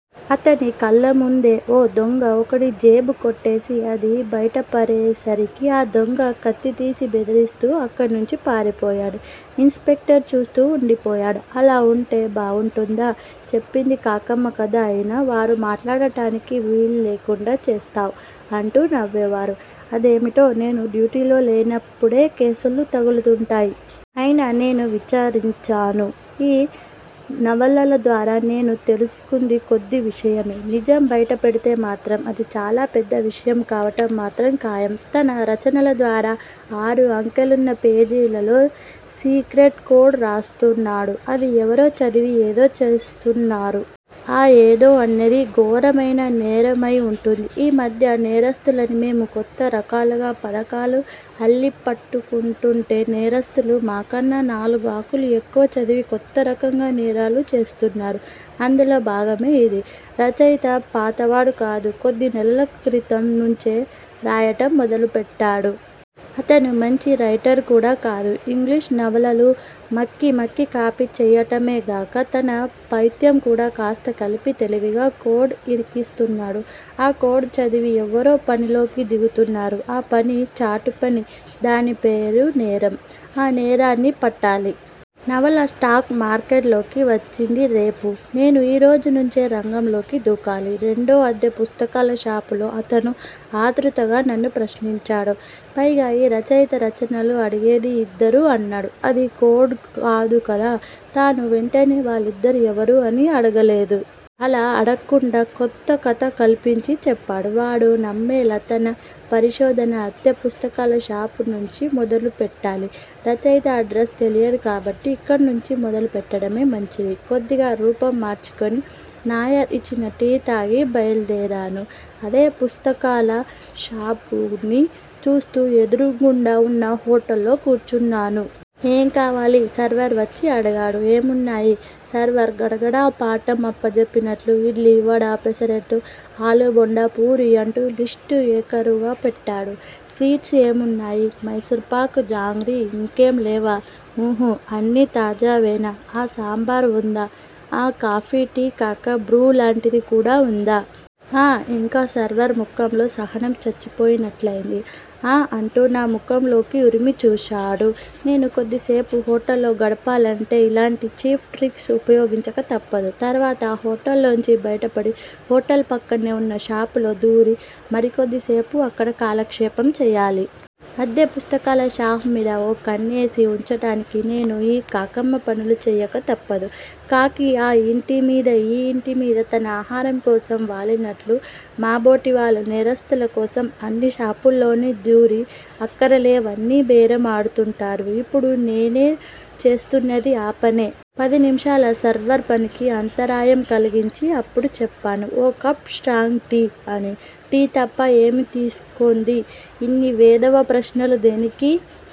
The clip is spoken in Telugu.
అతని కళ్ళముందే ఓ దొంగ ఒకడి జేబు కొట్టేసి అది బైటపడేసరికి ఆ దొంగ కత్తితీసి బెదిరిస్తూ అక్కడనుంచి పారిపోయాడు. ఇన్ స్పెక్టర్ చూస్తూ వుండిపోయాడు. అలా వుంటే బాగుంటుందా? చెప్పింది కాకమ్మ కధ అయినా మారు మాట్లాడటానికి వీలులేకుండా చేస్తావ్. అంటూ నవ్వేవారు. అదేమిటో నేను డ్యూటీలో లేనప్పుడే కేసులు తగులుతుంటాయి. అయినా నేను విచారించాను. ఈ నవలల ద్వారా నేను తెలుసుకుంది కొద్ది విషయమే. నిజం బైట పెడితే మాత్రం అది చాలా పెద్ద విషయం కావటం మాత్రం ఖాయం. తన రచనల ద్వారా ఆరు అంకెలున్న పేజీలలో సీక్రెట్ కోడ్ రాస్తున్నాడు. అది ఎవరో చదివి ఏదో చేస్తున్నారు. ఆ ఏదో అన్నది ఘోరమైన నేరం అయి వుంటుంది. ఈ మధ్య నేరస్తులని మేము కొత్త రకాలుగా పధకాలు అల్లి పట్టుకుంటుంటే నేరస్తులు మాకన్నా నాలుగు ఆకులు ఎక్కువ చదివి కొత్త రకంగా నేరాలు చేస్తున్నారు. అందులో భాగమే యిది. రచయిత పాతవాడు కాదు. కొద్ది నెలల క్రితం నుంచే రాయటం మొదలుపెట్టాడు. అతను మంచి రైటర్ కూడా కాదు. ఇంగ్లీషు నవలలు మక్కీ మక్కీ కాపీ చేయటమేగాక తన పైత్యం కూడా కాస్త కలిపి తెలివిగా కోడ్ ఇరికిస్తున్నాడు. ఆ కోడ్ చదివి ఎవరో పనిలోకి దిగుతున్నారు. ఆ పని చాటుపని దానిపేరు నేరం. ఆ నేరాన్ని పట్టాలి. నవల స్టాక్ మార్కెట్ లోకి వచ్చేది రేపు. నేను ఈరోజు నుంచే రంగంలోకి దూకాలి. రెండో అద్దె పుస్తకాల షాపులో అతను ఆత్రుతగా నన్ను ప్రశ్నించాడు. పైగా యీ రచయిత రచనలు అడిగేది ఇద్దరు అన్నాడు. అది కోడ్ కాదు కదా! తను వెంటనే వాళ్ళిద్దరూ ఎవరు అని అడగలేదు. అలా అడక్కుండా కొత్త కధ కల్పించి చెప్పాడు. వాడు నమ్మేలా. తన పరిశోధన అద్దె పుస్తకాల షాపునుంచి మొదలుపెట్టాలి. రచయిత అడ్రస్ తెలియదు కాబట్టి ఇక్కడ నుంచి మొదలు పెట్టటమే మంచిది. కొద్దిగా రూపం మార్చుకుని నాయర్ ఇచ్చిన టీ తాగి బయలుదేరాను. అద్దె పుస్తకాల షాపుని చూస్తూ ఎదురుగుండా వున్న హోటల్లో కూర్చున్నాను. ఏం కావాలి! సర్వర్ వచ్చి అడిగాడు. ఏమున్నాయి! సర్వర్ గడగడ పాఠం అప్పజెప్పినట్లు ఇడ్లి వడ పెసరట్ ఆలూబోండా పూరి అంటూ లిష్ట్ ఏకరువు పెట్టాడు. స్వీట్స్ ఏమున్నాయి! మైసూర్ పాక్ జాంగ్రీ! ఇంకేం లేవా? ఉహు! అన్నీ తాజావేనా! ఆ సాంబారు వుందా? ఆ కాఫీ టీ కాక బ్రూ లాంటిది కూడా వుందా? ఆ ఇంక సర్వర్ ముఖంలో సహనం చచ్చిపోయినట్లుంది. ఆ అంటూ నా ముఖంలోకి ఉరిమి చూశాడు. నేను కొద్దిసేపు హోటల్లో గడపాలంటే ఇలాంటి చీప్ ట్రిక్స్ ఉపయోగించక తప్పదు. తర్వాత హోటల్లోంచి బయటపడి హోటల్ పక్కనే వున్న షాపులో దూరి మరి కొద్దిసేపు అక్కడ కాలక్షేపం చేయాలి. అద్దె పుస్తకాల షాపుమీద ఓ కన్నేసి వుంచటానికి నేను యీ కాకమ్మ పనులు చేయక తప్పదు. కాకి ఆ ఇంటి మీద యీ ఇంటిమీద తన ఆహారం కోసం వాలినట్లు మాబోటి వాళ్ళు నేరస్తుల కోసం అన్ని షాపుల్లోను దూరి అక్కరలేనివన్నీ బేరం ఆడుతుంటారు. ఇప్పుడు నేను చేస్తున్నది ఆపనే. పది నిమిషాలు సర్వర్ పనికి అంతరాయం కలిగించి అప్పుడు చెప్పాను. ఓ కప్పు స్ట్రాంగ్ టీ అని టీ తప్ప ఏమీ తీసుకోంది ఇన్ని వెధవ ప్రశ్నలు దేనికి!